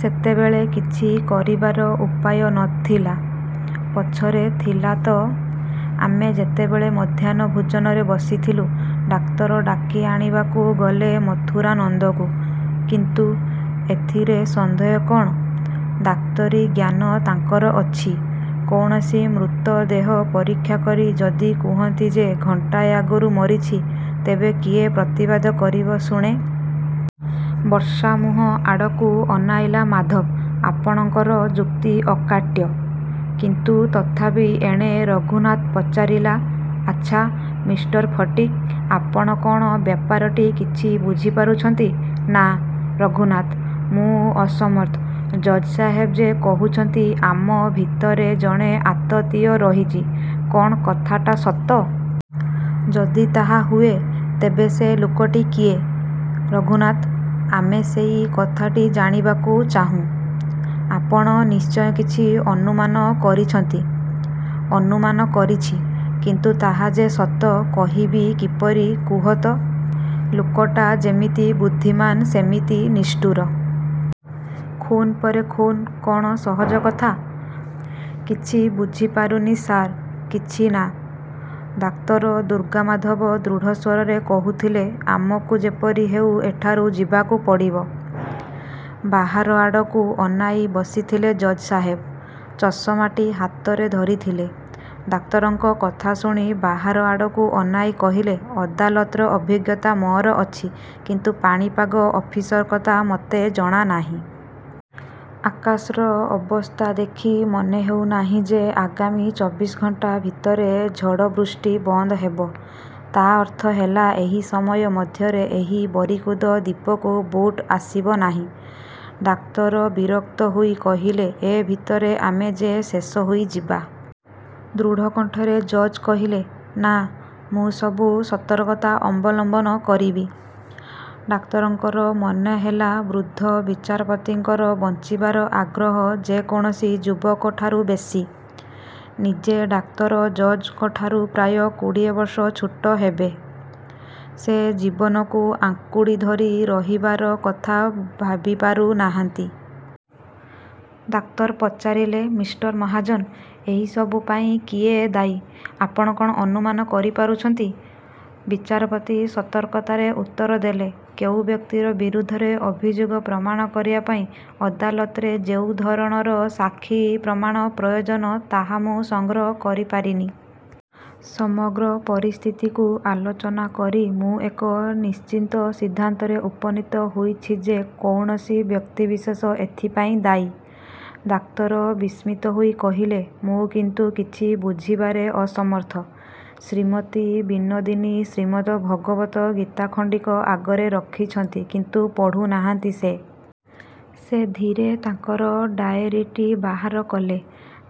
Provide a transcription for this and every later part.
ସେତେବେଳେ କିଛି କରିବାର ଉପାୟ ନ ଥିଲା। ପଛରେ ଥିଲା ତ ଆମେ ଯେତେବେଳେ ମଧ୍ୟାହ୍ନ ଭୋଜନରେ ବସିଥିଲୁ। ଡାକ୍ତର ଡାକି ଆଣିବାକୁ ଗଲେ ମଥୁରାନନ୍ଦଙ୍କୁ। କିନ୍ତୁ ଏଥିରେ ସନ୍ଦେହ କଣ? ଡାକ୍ତରୀ ଜ୍ଞାନ ତାଙ୍କର ଅଛି। କୌଣସି ମୃତ ଦେହ ପରୀକ୍ଷା କରି ଯଦି କହନ୍ତି ଯେ ଘଣ୍ଟାଏ ଆଗରୁ ମରିଛି। ତେବେ କିଏ ପ୍ରତିବାଦ କରିବ ଶୁଣେ? ବର୍ଷା ମୁହଁ ଆଡ଼କୁ ଅନାଇଲା ମାଧବ ଆପଣଙ୍କର ଯୁକ୍ତି ଅକାଟ୍ୟ। କିନ୍ତୁ ତଥାପି ଏଣେ ରଘୁନାଥ ପଚାରିଲା ଆଚ୍ଛା ମିଷ୍ଟର ଫଟିକ୍ ଆପଣ କଣ ବ୍ୟାପାରଟି କିଛି ବୁଝିପାରୁଛନ୍ତି? ନା ରଘୁନାଥ ମୁଁ ଅସମର୍ଥ। ଜଜ୍ ସାହେବ ଯେ କହୁଛନ୍ତି। ଆମ ଭିତରେ ଜଣେ ଆତତାୟୀ ରହିଛି କ'ଣ କଥାଟା ସତ? ଯଦି ତାହା ହୁଏ ତେବେ ସେ ଲୋକଟି କିଏ? ରଘୁନାଥ ଆମେ ସେଇ କଥାଟି ଜାଣିବାକୁ ଚାହୁଁ। ଆପଣ ନିଶ୍ଚୟ କିଛି ଅନୁମାନ କରିଛନ୍ତି। ଅନୁମାନ କରିଛି। କିନ୍ତୁ ତାହା ଯେ ସତ କହିବି କିପରି କୁହ ତ। ଲୋକଟା ଯେମିତି ବୁଦ୍ଧିମାନ୍ ସେମିତି ନିଷ୍ଠୁର। ଖୁନ୍ ପରେ ଖୁନ୍ କ'ଣ ସହଜ କଥା! କିଛି ବୁଝିପାରୁନି ସାର୍, କିଛି ନା। ଡାକ୍ତର ଦୁର୍ଗାମାଧବ ଦୃଢ଼ ସ୍ଵରରେ କହୁଥିଲେ, ଆମକୁ ଯେପରି ହେଉ ଏଠାରୁ ଯିବାକୁ ପଡ଼ିବ। ବାହାର ଆଡ଼କୁ ଅନାଇ ବସିଥିଲେ ଜଜ୍ ସାହେବ। ଚଷମାଟି ହାତରେ ଧରିଥିଲେ। ଡାକ୍ତରଙ୍କ କଥା ଶୁଣି ବାହାର ଆଡ଼କୁ ଅନାଇ କହିଲେ, ଅଦାଲତର ଅଭିଜ୍ଞତା ମୋର ଅଛି, କିନ୍ତୁ ପାଣିପାଗ ଅଫିସର କଥା ମୋତେ ଜଣା ନାହିଁ। ଆକାଶର ଅବସ୍ଥା ଦେଖି ମନେହେଉନାହିଁ ଯେ ଆଗାମୀ ଚବିଶ ଘଣ୍ଟା ଭିତରେ ଝଡ଼ ବୃଷ୍ଟି ବନ୍ଦ ହେବ। ତା ଅର୍ଥ ହେଲା ଏହି ସମୟ ମଧ୍ୟରେ ଏହି ବରିକୁଦ ଦ୍ଵୀପକୁ ବୋଟ ଆସିବ ନାହିଁ। ଡାକ୍ତର ବିରକ୍ତ ହୋଇ କହିଲେ ଏ ଭିତରେ ଆମେ ଯେ ଶେଷ ହୋଇଯିବା। ଦୃଢ଼ କଣ୍ଠରେ ଜଜ୍ କହିଲେ, ନା, ମୁଁ ସବୁ ସତର୍କତା ଅବଲମ୍ବନ କରିବି। ଡାକ୍ତରଙ୍କର ମନେହେଲା ବୃଦ୍ଧ ବିଚାରପତିଙ୍କର ବଞ୍ଚିବାର ଆଗ୍ରହ ଯେକୌଣସି ଯୁବକଠାରୁ ବେଶି। ନିଜେ ଡାକ୍ତର ଜଜ୍ ଙ୍କଠାରୁ ପ୍ରାୟ କୋଡ଼ିଏ ବର୍ଷ ଛୋଟ ହେବେ। ସେ ଜୀବନକୁ ଆଙ୍କୁଡ଼ି ଧରି ରହିବାର କଥା ଭାବିପାରୁନାହାନ୍ତି। ଡାକ୍ତର ପଚାରିଲେ, ମିଷ୍ଟର ମହାଜନ ଏହିସବୁ ପାଇଁ କିଏ ଦାୟୀ ଆପଣ କ'ଣ ଅନୁମାନ କରିପାରୁଛନ୍ତି? ବିଚାରପତି ସତର୍କତାରେ ଉତ୍ତର ଦେଲେ, କେଉଁ ବ୍ୟକ୍ତିର ବିରୁଦ୍ଧରେ ଅଭିଯୋଗ ପ୍ରମାଣ କରିବା ପାଇଁ ଅଦାଲତରେ ଯେଉଁ ଧରଣର ସାକ୍ଷୀ ପ୍ରମାଣ ପ୍ରୟୋଜନ ତାହା ମୁଁ ସଂଗ୍ରହ କରିପାରିନି। ସମଗ୍ର ପରିସ୍ଥିତିକୁ ଆଲୋଚନା କରି ମୁଁ ଏକ ନିଶ୍ଚିତ ସିଦ୍ଧାନ୍ତରେ ଉପନୀତ ହୋଇଛି ଯେ କୌଣସି ବ୍ୟକ୍ତିବିଶେଷ ଏଥିପାଇଁ ଦାୟୀ। ଡାକ୍ତର ବିସ୍ମିତ ହୋଇ କହିଲେ, ମୁଁ କିନ୍ତୁ କିଛି ବୁଝିବାରେ ଅସମର୍ଥ। ଶ୍ରୀମତୀ ବିନୋଦିନୀ ଶ୍ରୀମଦ୍ ଭଗବଦ୍ ଗୀତା ଖଣ୍ଡିକ ଆଗରେ ରଖିଛନ୍ତି, କିନ୍ତୁ ପଢ଼ୁନାହାନ୍ତି ସେ। ସେ ଧୀରେ ତାଙ୍କର ଡାଏରୀଟି ବାହାର କଲେ।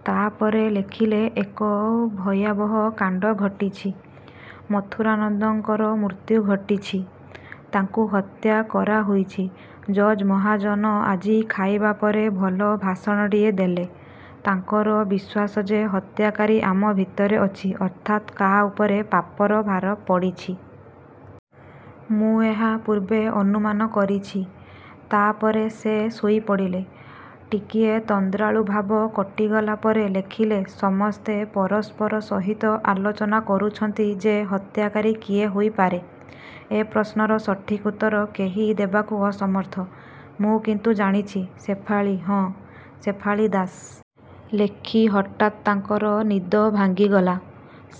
ତା ପରେ ଲେଖିଲେ, ଏକ ଭୟାବହ କାଣ୍ଡ ଘଟିଛି। ମଥୁରାନନ୍ଦଙ୍କର ମୃତ୍ୟୁ ଘଟିଛି। ତାଙ୍କୁ ହତ୍ୟା କରାହୋଇଛି। ଜଜ୍ ମହାଜନ ଆଜି ଖାଇବା ପରେ ଭଲ ଭାଷଣଟିଏ ଦେଲେ। ତାଙ୍କର ବିଶ୍ୱାସ ଯେ ହତ୍ୟାକାରୀ ଆମ ଭିତରେ ଅଛି, ଅର୍ଥାତ୍ କାହା ଉପରେ ପାପର ଭାର ପଡ଼ିଛି। ମୁଁ ଏହା ପୂର୍ବେ ଅନୁମାନ କରିଛି। ତା ପରେ ସେ ଶୋଇପଡ଼ିଲେ। ଟିକିଏ ତନ୍ଦ୍ରାଳୁ ଭାବ କଟିଗଲା ପରେ ଲେଖିଲେ, ସମସ୍ତେ ପରସ୍ପର ସହିତ ଆଲୋଚନା କରୁଛନ୍ତି ଯେ ହତ୍ୟାକାରୀ କିଏ ହୋଇପାରେ? ଏ ପ୍ରଶ୍ନର ସଠିକ ଉତ୍ତର କେହି ଦେବାକୁ ଅସମର୍ଥ। ମୁଁ କିନ୍ତୁ ଜାଣିଛି, ଶେଫାଳୀ ହଁ, ଶେଫାଳୀ ଦାସ। ଲେଖି ହଠାତ୍ ତାଙ୍କର ନିଦ ଭାଙ୍ଗିଗଲା।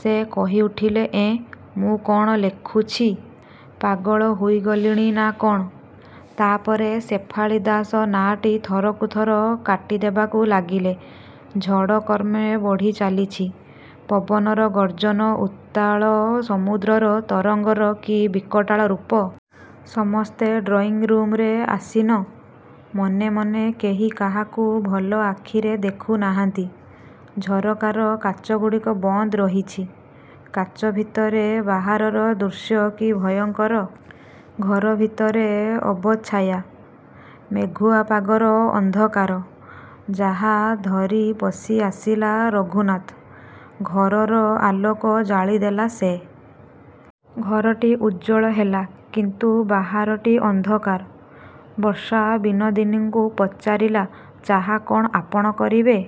ସେ କହିଉଠିଲେ, ଏଁ ମୁଁ କ'ଣ ଲେଖୁଛି। ପାଗଳ ହୋଇଗଲିଣି ନା କ'ଣ। ତା ପରେ ଶେଫାଳୀ ଦାସ ନାଁଟି ଥରକୁ ଥର କାଟିଦେବାକୁ ଲାଗିଲେ। ଝଡ଼ କ୍ରମେ ବଢ଼ିଚାଲିଛି। ପବନର ଗର୍ଜନ ଉତ୍ତାଳ ସମୁଦ୍ରର ତରଙ୍ଗର କି ବିକଟାଳ ରୂପ! ସମସ୍ତେ ଡ୍ରଇଂ ରୁମରେ ଆସୀନ। ମନେ ମନେ କେହି କାହାକୁ ଭଲ ଆଖିରେ ଦେଖୁନାହାନ୍ତି। ଝରକାର କାଚଗୁଡ଼ିକ ବନ୍ଦ ରହିଛି। କାଚ ଭିତରେ ବାହାରର ଦୃଶ୍ୟ କି ଭୟଙ୍କର! ଘର ଭିତରେ ଅବଚ୍ଛାୟା। ମେଘୁଆ ପାଗର ଅନ୍ଧକାର। ଚାହା ଧରି ପଶିଆସିଲା ରଘୁନାଥ। ଘରର ଆଲୋକ ଜାଳିଦେଲା ସେ। ଘରଟି ଉଜ୍ଜ୍ଵଳ ହେଲା। କିନ୍ତୁ ବାହାରଟି ଅନ୍ଧକାର। ବର୍ଷା ବିନୋଦିନୀଙ୍କୁ ପଚାରିଲା। ଚାହା କ'ଣ ଆପଣ କରିବେ?